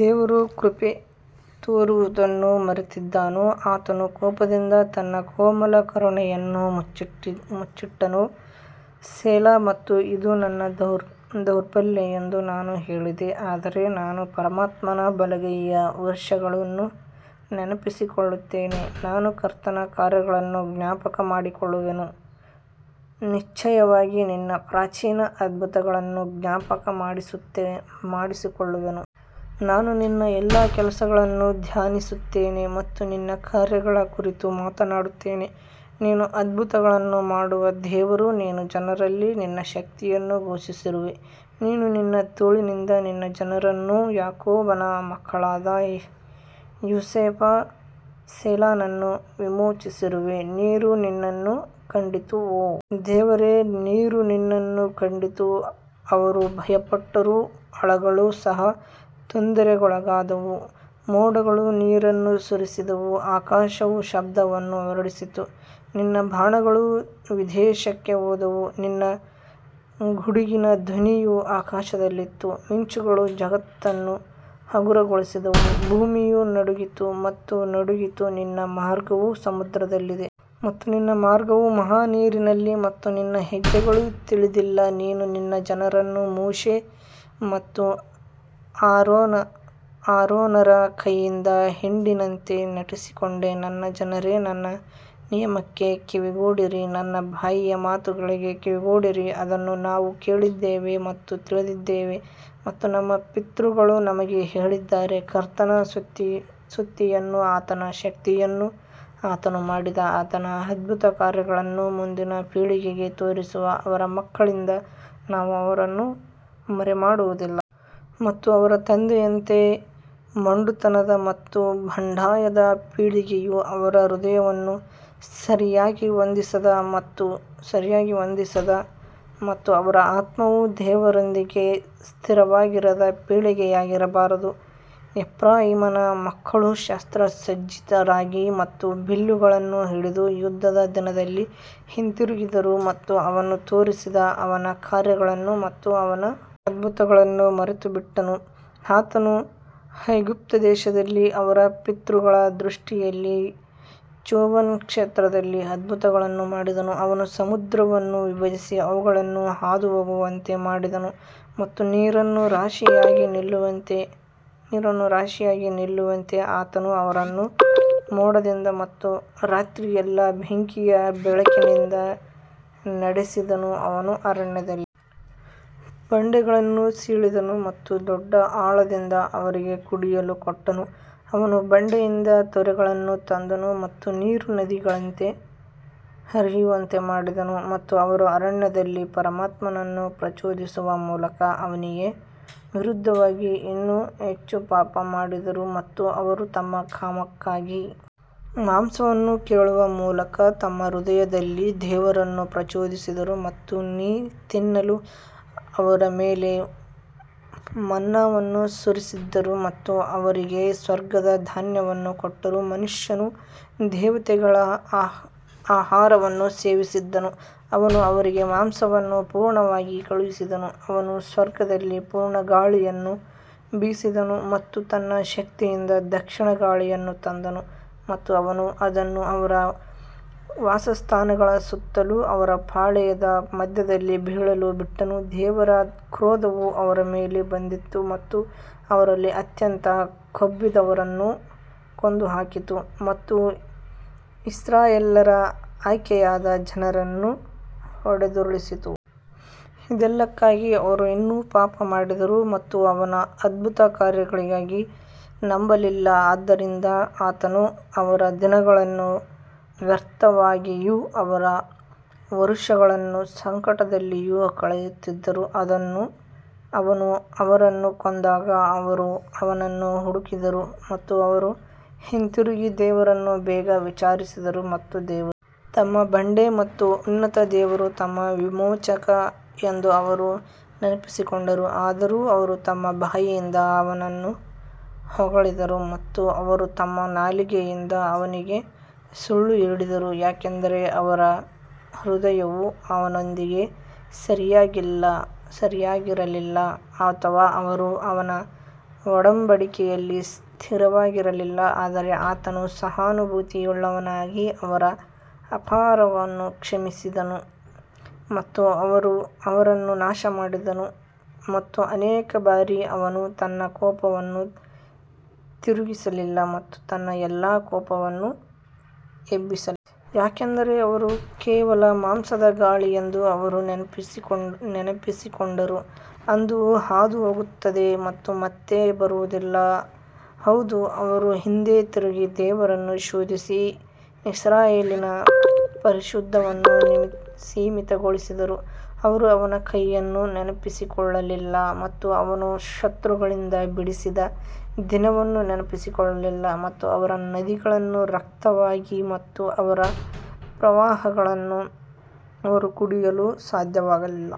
ದೇವರು ಕೃಪೆ ತೋರುವುದನ್ನು ಮರೆತಿದ್ದಾನೋ, ಆತನು ಕೋಪದಿಂದ ತನ್ನ ಕೋಮಲ ಕರುಣೆಯನ್ನು ಮುಚ್ಚಿಬಿಟ್ಟನೋ ಸೆಲಾ ಮತ್ತು ಇದು ನನ್ನ ದೌರ್ಬಲ್ಯ ಎಂದು ನಾನು ಹೇಳಿದೆ ಆದರೆ ನಾನು ಪರಮಾತ್ಮನ ಬಲಗೈಯ ವರ್ಷಗಳನ್ನು ನೆನಪಿಸಿಕೊಳ್ಳುತ್ತೇನೆ ನಾನು ಕರ್ತನ ಕಾರ್ಯಗಳನ್ನು ಜ್ಞಾಪಕಮಾಡಿಕೊಳ್ಳುವೆನು, ನಿಶ್ಚಯವಾಗಿ ನಿನ್ನ ಪ್ರಾಚೀನ ಅದ್ಭುತಗಳನ್ನು ಜ್ಞಾಪಕಮಾಡಿಕೊಳ್ಳುವೆನು ನಾನು ನಿನ್ನ ಎಲ್ಲಾ ಕೆಲಸಗಳನ್ನು ಧ್ಯಾನಿಸುತ್ತೇನೆ ಮತ್ತು ನಿನ್ನ ಕಾರ್ಯಗಳ ಕುರಿತು ಮಾತನಾಡುತ್ತೇನೆ ನೀನು ಅದ್ಭುತಗಳನ್ನು ಮಾಡುವ ದೇವರು, ನೀನು ಜನರಲ್ಲಿ ನಿನ್ನ ಶಕ್ತಿಯನ್ನು ಘೋಷಿಸಿರುವೆ ನೀನು ನಿನ್ನ ತೋಳಿನಿಂದ ನಿನ್ನ ಜನರನ್ನು ಯಾಕೋಬನ ಮಕ್ಕಳಾದ ಯೋಸೇಫ ಸೆಲಾನನ್ನು ವಿಮೋಚಿಸಿರುವೆ ನೀರು ನಿನ್ನನ್ನು ಕಂಡಿತು ಓ ದೇವರೇ ನೀರು ನಿನ್ನನ್ನು ಕಂಡಿತು ಅವರು ಭಯಪಟ್ಟರು ಆಳಗಳು ಸಹ ತೊಂದರೆಗೊಳಗಾದವು ಮೋಡಗಳು ನೀರನ್ನು ಸುರಿಸಿದವು ಆಕಾಶವು ಶಬ್ದವನ್ನು ಹೊರಡಿಸಿತು ನಿನ್ನ ಬಾಣಗಳೂ ವಿದೇಶಕ್ಕೆ ಹೋದವು ನಿನ್ನ ಗುಡುಗಿನ ಧ್ವನಿಯು ಆಕಾಶದಲ್ಲಿತ್ತು ಮಿಂಚುಗಳು ಜಗತ್ತನ್ನು ಹಗುರಗೊಳಿಸಿದವು ಭೂಮಿಯು ನಡುಗಿತು ಮತ್ತು ನಡುಗಿತು ನಿನ್ನ ಮಾರ್ಗವು ಸಮುದ್ರದಲ್ಲಿದೆ ಮತ್ತು ನಿನ್ನ ಮಾರ್ಗವು ಮಹಾ ನೀರಿನಲ್ಲಿ ಮತ್ತು ನಿನ್ನ ಹೆಜ್ಜೆಗಳು ತಿಳಿದಿಲ್ಲ ನೀನು ನಿನ್ನ ಜನರನ್ನು ಮೋಶೆ ಮತ್ತು ಆರೋನರ ಕೈಯಿಂದ ಹಿಂಡಿನಂತೆ ನಡೆಸಿಕೊಂಡೆ ನನ್ನ ಜನರೇ, ನನ್ನ ನಿಯಮಕ್ಕೆ ಕಿವಿಗೊಡಿರಿ, ನನ್ನ ಬಾಯಿಯ ಮಾತುಗಳಿಗೆ ಕಿವಿಗೊಡಿರಿ ಅದನ್ನು ನಾವು ಕೇಳಿದ್ದೇವೆ ಮತ್ತು ತಿಳಿದಿದ್ದೇವೆ ಮತ್ತು ನಮ್ಮ ಪಿತೃಗಳು ನಮಗೆ ಹೇಳಿದ್ದಾರೆ ಕರ್ತನ ಸ್ತುತಿಯನ್ನೂ ಆತನ ಶಕ್ತಿಯನ್ನೂ ಆತನು ಮಾಡಿದ ಆತನ ಅದ್ಭುತಕಾರ್ಯಗಳನ್ನೂ ಮುಂದಿನ ಪೀಳಿಗೆಗೆ ತೋರಿಸುವ ಅವರ ಮಕ್ಕಳಿಂದ ನಾವು ಅವರನ್ನು ಮರೆಮಾಡುವುದಿಲ್ಲ. ಮತ್ತು ಅವರ ತಂದೆಯಂತೆ ಮೊಂಡುತನದ ಮತ್ತು ಬಂಡಾಯದ ಪೀಳಿಗೆಯು ಅವರ ಹೃದಯವನ್ನು ಸರಿಯಾಗಿ ಹೊಂದಿಸದ ಮತ್ತು ಅವರ ಆತ್ಮವು ದೇವರೊಂದಿಗೆ ಸ್ಥಿರವಾಗಿರದ ಪೀಳಿಗೆಯಾಗಿರಬಾರದು. ಎಫ್ರಾಯೀಮನ ಮಕ್ಕಳು ಶಸ್ತ್ರಸಜ್ಜಿತರಾಗಿ ಮತ್ತು ಬಿಲ್ಲುಗಳನ್ನು ಹಿಡಿದು ಯುದ್ಧದ ದಿನದಲ್ಲಿ ಹಿಂತಿರುಗಿದರು ಮತ್ತು ಅವನು ತೋರಿಸಿದ ಅವನ ಕಾರ್ಯಗಳನ್ನು ಮತ್ತು ಅವನ ಅದ್ಭುತಗಳನ್ನು ಮರೆತುಬಿಟ್ಟನು ಆತನು ಐಗುಪ್ತದೇಶದಲ್ಲಿ ಅವರ ಪಿತೃಗಳ ದೃಷ್ಟಿಯಲ್ಲಿ ಚೋವನ್ ಕ್ಷೇತ್ರದಲ್ಲಿ ಅದ್ಭುತಗಳನ್ನು ಮಾಡಿದನು ಅವನು ಸಮುದ್ರವನ್ನು ವಿಭಜಿಸಿ ಅವುಗಳನ್ನು ಹಾದುಹೋಗುವಂತೆ ಮಾಡಿದನು ಮತ್ತು ನೀರನ್ನು ರಾಶಿಯಾಗಿ ನಿಲ್ಲುವಂತೆ ಮಾಡಿದನು ಹಗಲಿನಲ್ಲಿಯೂ ಆತನು ಅವರನ್ನು ಮೋಡದಿಂದ ಮತ್ತು ರಾತ್ರಿಯೆಲ್ಲಾ ಬೆಂಕಿಯ ಬೆಳಕಿನಿಂದ ನಡೆಸಿದನು ಅವನು ಅರಣ್ಯದಲ್ಲಿ ಬಂಡೆಗಳನ್ನು ಸೀಳಿದನು ಮತ್ತು ದೊಡ್ಡ ಆಳದಿಂದ ಅವರಿಗೆ ಕುಡಿಯಲು ಕೊಟ್ಟನು ಅವನು ಬಂಡೆಯಿಂದ ತೊರೆಗಳನ್ನು ತಂದನು ಮತ್ತು ನೀರು ನದಿಗಳಂತೆ ಹರಿಯುವಂತೆ ಮಾಡಿದನು ಮತ್ತು ಅವರು ಅರಣ್ಯದಲ್ಲಿ ಪರಮಾತ್ಮನನ್ನು ಪ್ರಚೋದಿಸುವ ಮೂಲಕ ಅವನಿಗೆ ವಿರುದ್ಧವಾಗಿ ಇನ್ನೂ ಹೆಚ್ಚು ಪಾಪ ಮಾಡಿದರು ಮತ್ತು ಅವರು ತಮ್ಮ ಕಾಮಕ್ಕಾಗಿ ಮಾಂಸವನ್ನು ಕೇಳುವ ಮೂಲಕ ತಮ್ಮ ಹೃದಯದಲ್ಲಿ ದೇವರನ್ನು ಪ್ರಚೋದಿಸಿದರು ಮತ್ತು ತಿನ್ನಲು ಅವರ ಮೇಲೆ ಮನ್ನಾವನ್ನು ಸುರಿಸಿದ್ದರು ಮತ್ತು ಅವರಿಗೆ ಸ್ವರ್ಗದ ಧಾನ್ಯವನ್ನು ಕೊಟ್ಟರು ಮನುಷ್ಯನು ದೇವತೆಗಳ ಆಹಾರವನ್ನು ಸೇವಿಸಿದನು, ಅವನು ಅವರಿಗೆ ಮಾಂಸವನ್ನು ಪೂರ್ಣವಾಗಿ ಕಳುಹಿಸಿದನು ಅವನು ಸ್ವರ್ಗದಲ್ಲಿ ಪೂರ್ವ ಗಾಳಿಯನ್ನು ಬೀಸಿದನು ಮತ್ತು ತನ್ನ ಶಕ್ತಿಯಿಂದ ದಕ್ಷಿಣದ ಗಾಳಿಯನ್ನು ತಂದನು ಮತ್ತು ಅವನು ಅದನ್ನು ಅವರ ವಾಸಸ್ಥಾನಗಳ ಸುತ್ತಲೂ ಅವರ ಪಾಳೆಯದ ಮಧ್ಯದಲ್ಲಿ ಬೀಳಲು ಬಿಟ್ಟನು ದೇವರ ಕ್ರೋಧವು ಅವರ ಮೇಲೆ ಬಂದಿತು ಮತ್ತು ಅವರಲ್ಲಿ ಅತ್ಯಂತ ಕೊಬ್ಬಿದವರನ್ನು ಕೊಂದುಹಾಕಿತು ಮತ್ತು ಇಸ್ರಾಯೇಲ್ಯರ ಆಯ್ಕೆಯಾದ ಜನರನ್ನು ಹೊಡೆದುರುಳಿಸಿತು. ಇದೆಲ್ಲದಕ್ಕಾಗಿ ಅವರು ಇನ್ನೂ ಪಾಪ ಮಾಡಿದರು ಮತ್ತು ಅವನ ಅದ್ಭುತ ಕಾರ್ಯಗಳಿಗಾಗಿ ನಂಬಲಿಲ್ಲ ಆದದರಿಂದ ಆತನು ಅವರ ದಿನಗಳನ್ನು ವ್ಯರ್ಥವಾಗಿಯೂ ಅವರ ವರುಷಗಳನ್ನು ಸಂಕಟದಲ್ಲಿಯೂ ಕಳೆಯುತ್ತಿದ್ದನು ಅವನು ಅವರನ್ನು ಕೊಂದಾಗ ಅವರು ಅವನನ್ನು ಹುಡುಕಿದರು ಮತ್ತು ಅವರು ಹಿಂತಿರುಗಿ ದೇವರನ್ನು ಬೇಗ ವಿಚಾರಿಸಿದರು ಮತ್ತು ದೇವರು ತಮ್ಮ ಬಂಡೆ ಮತ್ತು ಉನ್ನತ ದೇವರು ತಮ್ಮ ವಿಮೋಚಕ ಎಂದು ಅವರು ನೆನಪಿಸಿಕೊಂಡರು ಆದರೂ ಅವರು ತಮ್ಮ ಬಾಯಿಂದ ಅವನನ್ನು ಹೊಗಳಿದರು ಮತ್ತು ಅವರು ತಮ್ಮ ನಾಲಿಗೆಯಿಂದ ಅವನಿಗೆ ಸುಳ್ಳು ಹೇಳಿದರು ಯಾಕಂದರೆ ಅವರ ಹೃದಯವು ಅವನೊಂದಿಗೆ ಸರಿಯಾಗಿರಲಿಲ್ಲ ಅಥವಾ ಅವರು ಅವನ ಒಡಂಬಡಿಕೆಯಲ್ಲಿ ಸ್ಥಿರವಾಗಿರಲಿಲ್ಲ ಆದರೆ ಆತನು ಸಹಾನುಭೂತಿಯುಳ್ಳವನಾಗಿ ಅವರ ಅಪರಾಧವನ್ನು ಕ್ಷಮಿಸಿದನು ಮತ್ತು ಅವರನ್ನು ನಾಶಮಾಡಿದನು ಮತ್ತು ಅನೇಕ ಬಾರಿ ಅವನು ತನ್ನ ಕೋಪವನ್ನು ತಿರುಗಿಸಲಿಲ್ಲ ಮತ್ತು ತನ್ನ ಎಲ್ಲಾ ಕೋಪವನ್ನು ಎಬ್ಬಿಸಲಿಲ್ಲ. ಯಾಕಂದರೆ ಅವರು ಕೇವಲ ಮಾಂಸದ ಗಾಳಿ ಎಂದು ಅವರು ನೆನಪಿಸಿಕೊಂಡರು, ಅದು ಹಾದುಹೋಗುತ್ತದೆ ಮತ್ತು ಮತ್ತೆ ಬರುವುದಿಲ್ಲ ಹೌದು ಅವರು ಹಿಂದೆ ತಿರುಗಿ ದೇವರನ್ನು ಶೋಧಿಸಿ ಇಸ್ರಾಯೇಲಿನ ಪರಿಶುದ್ಧನನ್ನು ಸೀಮಿತಗೊಳಿಸಿದರು ಅವರು ಅವನ ಕೈಯನ್ನು ನೆನಪಿಸಿಕೊಳ್ಳಲಿಲ್ಲ ಮತ್ತು ಅವನು ಶತ್ರುಗಳಿಂದ ಬಿಡಿಸಿದ ದಿನವನ್ನು ನೆನಪಿಸಿಕೊಳ್ಳಲಿಲ್ಲ ಮತ್ತು ಅವರ ನದಿಗಳನ್ನು ರಕ್ತವಾಗಿ ಮತ್ತು ಅವರ ಪ್ರವಾಹಗಳನ್ನು ಅವರು ಕುಡಿಯಲು ಸಾಧ್ಯವಾಗಲಿಲ್ಲ.